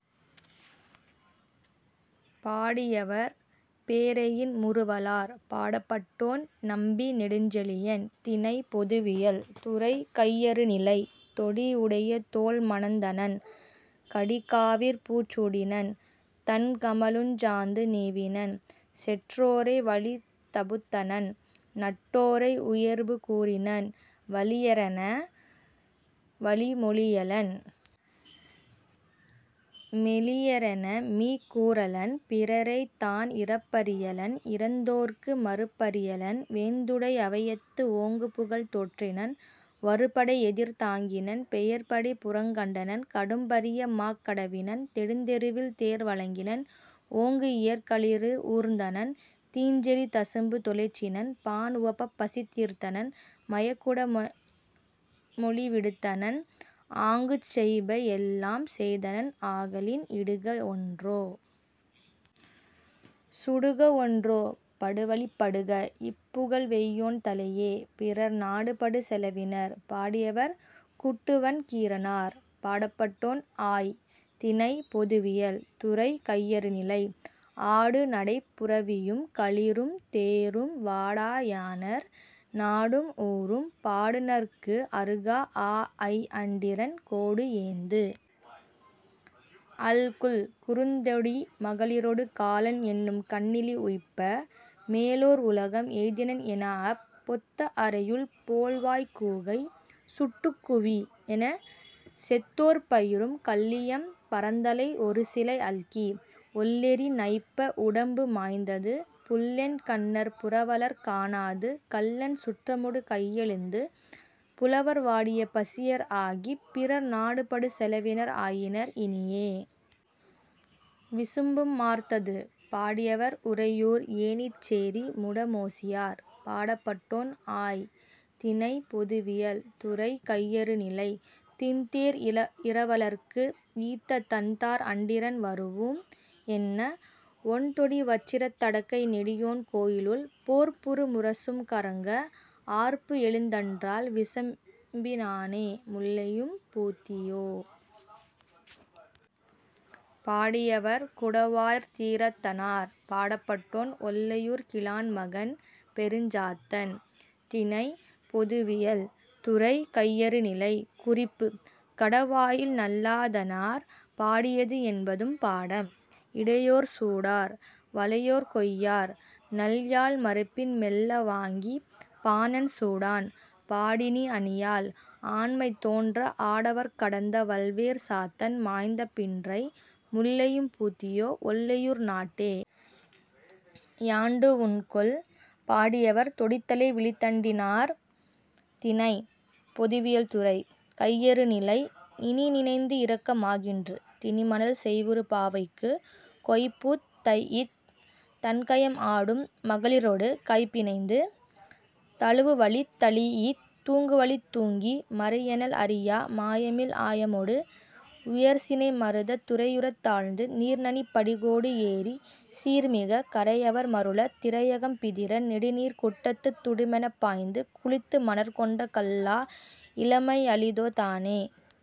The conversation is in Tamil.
பாடியவர்: பேரெயின் முறுவலார். பாடப்பட்டோன்: நம்பி நெடுஞ்செழியன். திணை: பொதுவியல். துறை: கையறுநிலை. தொடி யுடைய தோள் மணந்தணன்; கடி காவிற் பூச் சூடினன்; தண் கமழுஞ் சாந்து நீவினன்; செற் றோரை வழி தபுத்தனன்; நட் டோரை உயர்பு கூறினன்; வலியரென, வழி மொழியலன்; மெலியரென, மீக் கூறலன்; பிறரைத் தான் இரப் பறியலன்; இரந் தோர்க்கு மறுப் பறியலன்; வேந்துடை அவையத்து ஓங்குபுகழ் தோற்றினன்; வருபடை எதிர் தாங்கினன்; பெயர் படை புறங் கண்டனன்; கடும் பரிய மாக் கடவினன்; நெடுந் தெருவில் தேர் வழங்கினன்; ஓங்கு இயற் களிறு ஊர்ந்தனன்; தீஞ் செறி தசும்பு தொலைச்சினன்; பாண் உவப்பப் பசி தீர்த்தனன்; மயக்குடைய மொழி விடுத்தனன்; ஆங்குச் செய்ப எல்லாம் செய்தனன் ஆகலின்- இடுக ஒன்றோ! சுடுக ஒன்றோ! படுவழிப் படுக, இப் புகழ்வெய்யோன் தலையே!. பிறர் நாடுபடு செலவினர்! பாடியவர்: குட்டுவன் கீரனார். பாடப்பட்டோன்: ஆய். திணை: பொதுவியல். துறை: கையறுநிலை. ஆடு நடைப் புரவியும், களிறும், தேரும், வாடா யாணர் நாடும் ஊரும், பாடுநர்க்கு அருகா ஆஅய் அண்டிரன் கோடுஏந்து அல்குல், குறுந்தொடி மகளிரொடு காலன் என்னும் கண்ணிலி உய்ப்ப, மேலோர் உலகம் எய்தினன் எனாஅப், பொத்த அறையுள் போழ்வாய்க் கூகை, 'சுட்டுக் குவி' எனச் செத்தோர்ப் பயிரும் கள்ளியம் பறந்தலை ஒருசிறை அல்கி, ஒள்ளெரி நைப்ப உடம்பு மாய்ந்தது; புல்லென் கண்ணர் புரவலர்க் காணாது, கல்லென் சுற்றமொடு கையழிந்து, புலவர் வாடிய பசியர் ஆகிப், பிறர் நாடுபடு செலவினர் ஆயினர், இனியே.. விசும்பும் ஆர்த்தது! பாடியவர்: உறையூர் ஏணிச்சேரி முடமோசியார். பாடப்பட்டோன்: ஆய். திணை: பொதுவியல். துறை: கையறுநிலை. 'திண்தேர் இரவலர்க்கு, ஈத்த, தண்தார் அண்டிரன் வரூஉம்' என்ன, ஒண்தொடி வச்சிரத் தடக்கை நெடியோன் கோயிலுள், போர்ப்புறு முரசும் கறங்க, ஆர்ப்புஎழுந் தன்றால், விசும்பி னானே.. முல்லையும் பூத்தியோ? பாடியவர்: குடவாயிற் தீரத்தனார். பாடப்பட்டோன்: ஒல்லையூர் கிழான் மகன் பெருஞ்சாத்தன். திணை: பொதுவியல். துறை: கையறுநிலை. குறிப்பு: கடவாயில் நல்லாதனார் பாடியது என்பதும் பாடம். இளையோர் சூடார்; வளையோர் கொய்யார்; நல்யாழ் மருப்பின் மெல்ல வாங்கிப், பாணன் சூடான்; பாடினி அணியாள்; ஆண்மை தோன்ற ஆடவர்க் கடந்த வல்வேற் சாத்தன் மாய்ந்த பின்றை முல்லையும் பூத்தியோ, ஒல்லையூர் நாட்டே?. யாண்டு உண்டுகொல்? பாடியவர்: தொடித்தலை விழுத்தண்டினார் திணை: பொதுவியல் துறை: கையறுநிலை இனிநினைந்து இரக்கம் ஆகின்று; திணிமணல் செய்வுறு பாவைக்கு கொய்பூத் தைஇத், தண்கயம் ஆடும் மகளிரொடு கைபிணைந்து, தழுவுவழித் தழீஇத், தூங்குவழித் தூங்கி, மறைஎனல் அறியா மாயமில் ஆயமொடு உயர்சினை மருதத் துறையுறத் தாழ்ந்து, நீர்நணிப் படிகோடு ஏறிச், சீர்மிகக், கரையவர் மருளத், திரையகம் பிதிர, நெடுநீர்க் குட்டத்துத் துடுமெனப் பாய்ந்து, குளித்துமணற் கொண்ட கல்லா இளமை அளிதோ தானே!